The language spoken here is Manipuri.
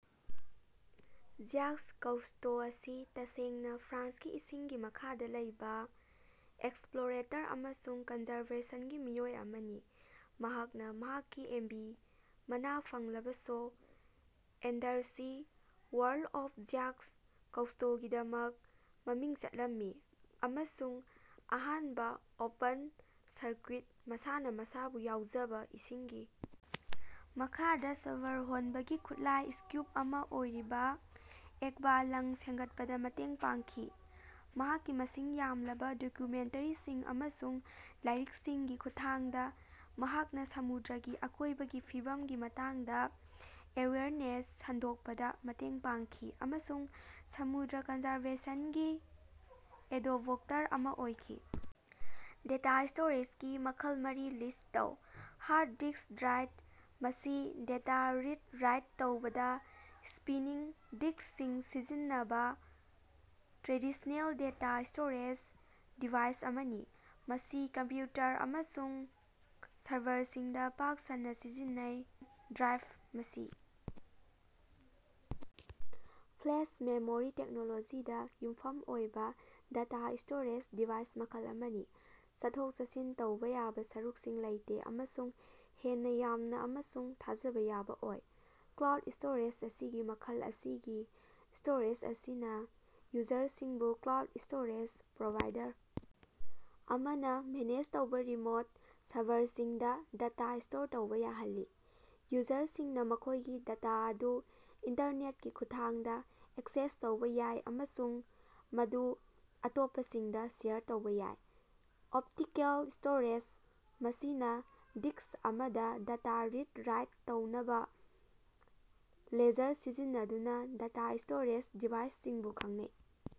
ꯖ꯭ꯌꯥꯀꯁ ꯀꯧꯁ꯭ꯇꯣ ꯑꯁꯤ ꯇꯁꯦꯡꯅꯥ ꯐ꯭ꯔꯥꯟꯁꯀꯤ ꯏꯁꯤꯡꯒꯤ ꯃꯈꯥꯗꯥ ꯂꯩꯕꯥ ꯑꯦꯛꯁꯄ꯭ꯂꯣꯔꯦꯇꯔ ꯑꯃꯁꯨꯡ ꯀꯟꯖꯔꯕꯦꯁꯟꯒꯤ ꯃꯤꯑꯣꯏ ꯑꯃꯅꯤ꯫ ꯃꯍꯥꯛꯅꯥ ꯃꯍꯥꯛꯀꯤ ꯑꯦꯝꯕꯤ ꯃꯅꯥ ꯐꯪꯂꯕ show, Undersea World of Jacques ꯀꯧꯁ꯭ꯇꯣꯒꯤꯗꯃꯛ ꯃꯃꯤꯡ ꯆꯠꯂꯝꯃꯤ ꯑꯃꯁꯨꯡ ꯑꯍꯥꯟꯕ ꯑꯣꯄꯟ-ꯁꯔꯀ꯭ꯌꯨꯠ, ꯃꯁꯥꯅ ꯃꯁꯥꯕꯨ ꯌꯥꯎꯖꯕ ꯏꯁꯤꯡꯒꯤ ꯃꯈꯥꯗꯥ ꯁ꯭ꯕꯔ ꯍꯣꯟꯕꯒꯤ ꯈꯨꯠꯂꯥꯏ (ꯁ꯭ꯀꯨꯕꯥ) ꯑꯃꯥ ꯑꯣꯏꯔꯤꯕ ꯑꯦꯛꯕꯥ-ꯂꯪ ꯁꯦꯝꯒꯠꯄꯗ ꯃꯇꯦꯡ ꯄꯥꯡꯈꯤ꯫ ꯃꯍꯥꯛꯀꯤ ꯃꯁꯤꯡ ꯌꯥꯝꯂꯕ ꯗꯣꯀꯨꯃꯦꯟꯇꯔꯤꯁꯤꯡ ꯑꯃꯁꯨꯡ ꯂꯥꯏꯔꯤꯛꯁꯤꯡꯒꯤ ꯈꯨꯠꯊꯥꯡꯗ ꯃꯍꯥꯛꯅ ꯁꯃꯨꯗ꯭ꯔꯒꯤ ꯑꯀꯣꯏꯕꯒꯤ ꯐꯤꯕꯝꯒꯤ ꯃꯇꯥꯡꯗ ꯑꯦꯋꯦꯌꯔꯅꯦꯁ ꯁꯟꯗꯣꯛꯄꯗ ꯃꯇꯦꯡ ꯄꯥꯡꯈꯤ ꯑꯃꯁꯨꯡ ꯁꯃꯨꯗ꯭ꯔ ꯀꯟꯖꯔꯕꯦꯁꯟꯒꯤ ꯑꯦꯗꯣꯕꯣꯛꯇꯔ ꯑꯃ ꯑꯣꯏꯈꯤ꯫ ꯗꯦꯇꯥ ꯁ꯭ꯇꯣꯔꯦꯖꯒꯤ ꯃꯈꯜ ꯃꯔꯤ ꯂꯤꯁ꯭ꯠ ꯇꯧ꯫ ꯍꯥꯔꯗ ꯗꯤꯁ꯭ꯛ ꯗ꯭ꯔꯥꯏ: ꯃꯁꯤ ꯗꯦꯇꯥ ꯔꯤꯗ ꯔꯥꯏꯠ ꯇꯧꯕꯗ ꯁ꯭ꯄꯤꯅꯤꯡ ꯗꯤꯁ꯭ꯛꯁꯤꯡ ꯁꯤꯖꯤꯟꯅꯕ ꯇ꯭ꯔꯦꯗꯤꯁꯅꯦꯜ ꯗꯦꯇꯥ ꯁ꯭ꯇꯣꯔꯦꯖ ꯗꯤꯚꯥꯏꯁ ꯑꯃꯅꯤ꯫ ꯃꯁꯤ ꯀꯝꯄ꯭ꯌꯨꯇꯔ ꯑꯃꯁꯨꯡ ꯁꯔꯚꯔꯁꯤꯡꯗ ꯄꯥꯛ ꯁꯟꯅ ꯁꯤꯖꯤꯟꯅꯩ꯫ ꯁꯣꯂꯤꯗ ꯁ꯭ꯇꯦꯠ ꯗ꯭ꯔꯥꯏꯚ ꯃꯁꯤ ꯐ꯭ꯂꯦꯁ ꯃꯦꯃꯣꯔꯤ ꯇꯦꯛꯅꯣꯂꯣꯖꯤꯗ ꯌꯨꯝꯐꯝ ꯑꯣꯏꯕ ꯗꯦꯇꯥ ꯁ꯭ꯇꯣꯔꯦꯖ ꯗꯤꯚꯥꯏꯁ ꯃꯈꯜ ꯑꯃꯅꯤ꯫ ꯆꯠꯊꯣꯛ-ꯆꯠꯁꯤꯟ ꯇꯧꯕ ꯌꯥꯕ ꯁꯔꯨꯛꯁꯤꯡ ꯂꯩꯇꯦ ꯑꯃꯁꯨꯡ ꯍꯦꯟꯅ ꯌꯥꯡꯅ ꯑꯃꯁꯨꯡ ꯊꯥꯖꯕ ꯌꯥꯕ ꯑꯣꯏ꯫ ꯀ꯭ꯂꯥꯎꯗ ꯁ꯭ꯇꯣꯔꯦꯖ ꯃꯁꯤꯒꯤ ꯃꯈꯜ ꯑꯁꯤꯒꯤ ꯁ꯭ꯇꯣꯔꯦꯖ ꯑꯁꯤꯅ ꯌꯨꯖꯔꯁꯤꯡꯕꯨ ꯀ꯭ꯂꯥꯎꯗ ꯁ꯭ꯇꯣꯔꯦꯖ ꯄ꯭ꯔꯣꯚꯥꯏꯗꯔ ꯑꯃꯅ ꯃꯦꯅꯦꯖ ꯇꯧꯕ ꯔꯤꯃꯣꯠ ꯁꯔꯚꯔꯁꯤꯡꯗ ꯗꯦꯇꯥ ꯁ꯭ꯇꯣꯔ ꯇꯧꯕ ꯌꯥꯍꯜꯂꯤ꯫ ꯌꯨꯖꯔꯁꯤꯡꯅ ꯃꯈꯣꯏꯒꯤ ꯗꯦꯇꯥ ꯑꯗꯨ ꯏꯟꯇꯔꯅꯦꯠꯀꯤ ꯈꯨꯠꯊꯥꯡꯗ ꯑꯦꯛꯁꯦꯁ ꯇꯧꯕ ꯌꯥꯏ ꯑꯃꯁꯨꯡ ꯃꯗꯨ ꯑꯇꯣꯞꯄꯁꯤꯡꯗ ꯁꯦꯌꯔ ꯇꯧꯕ ꯌꯥꯏ꯫ ꯑꯣꯞꯇꯤꯀꯦꯜ ꯁ꯭ꯇꯣꯔꯦꯖ ꯃꯁꯤꯅ ꯗꯤꯁ꯭ꯛ ꯑꯃꯗ ꯗꯦꯇꯥ ꯔꯤꯗ ꯔꯥꯏꯠ ꯇꯧꯅꯕ ꯂꯦꯖꯔ ꯁꯤꯖꯤꯟꯅꯗꯨꯅ ꯗꯦꯇꯥ ꯁ꯭ꯇꯣꯔꯦꯖ ꯗꯤꯚꯥꯏꯁꯁꯤꯡꯕꯨ ꯈꯪꯅꯩ꯫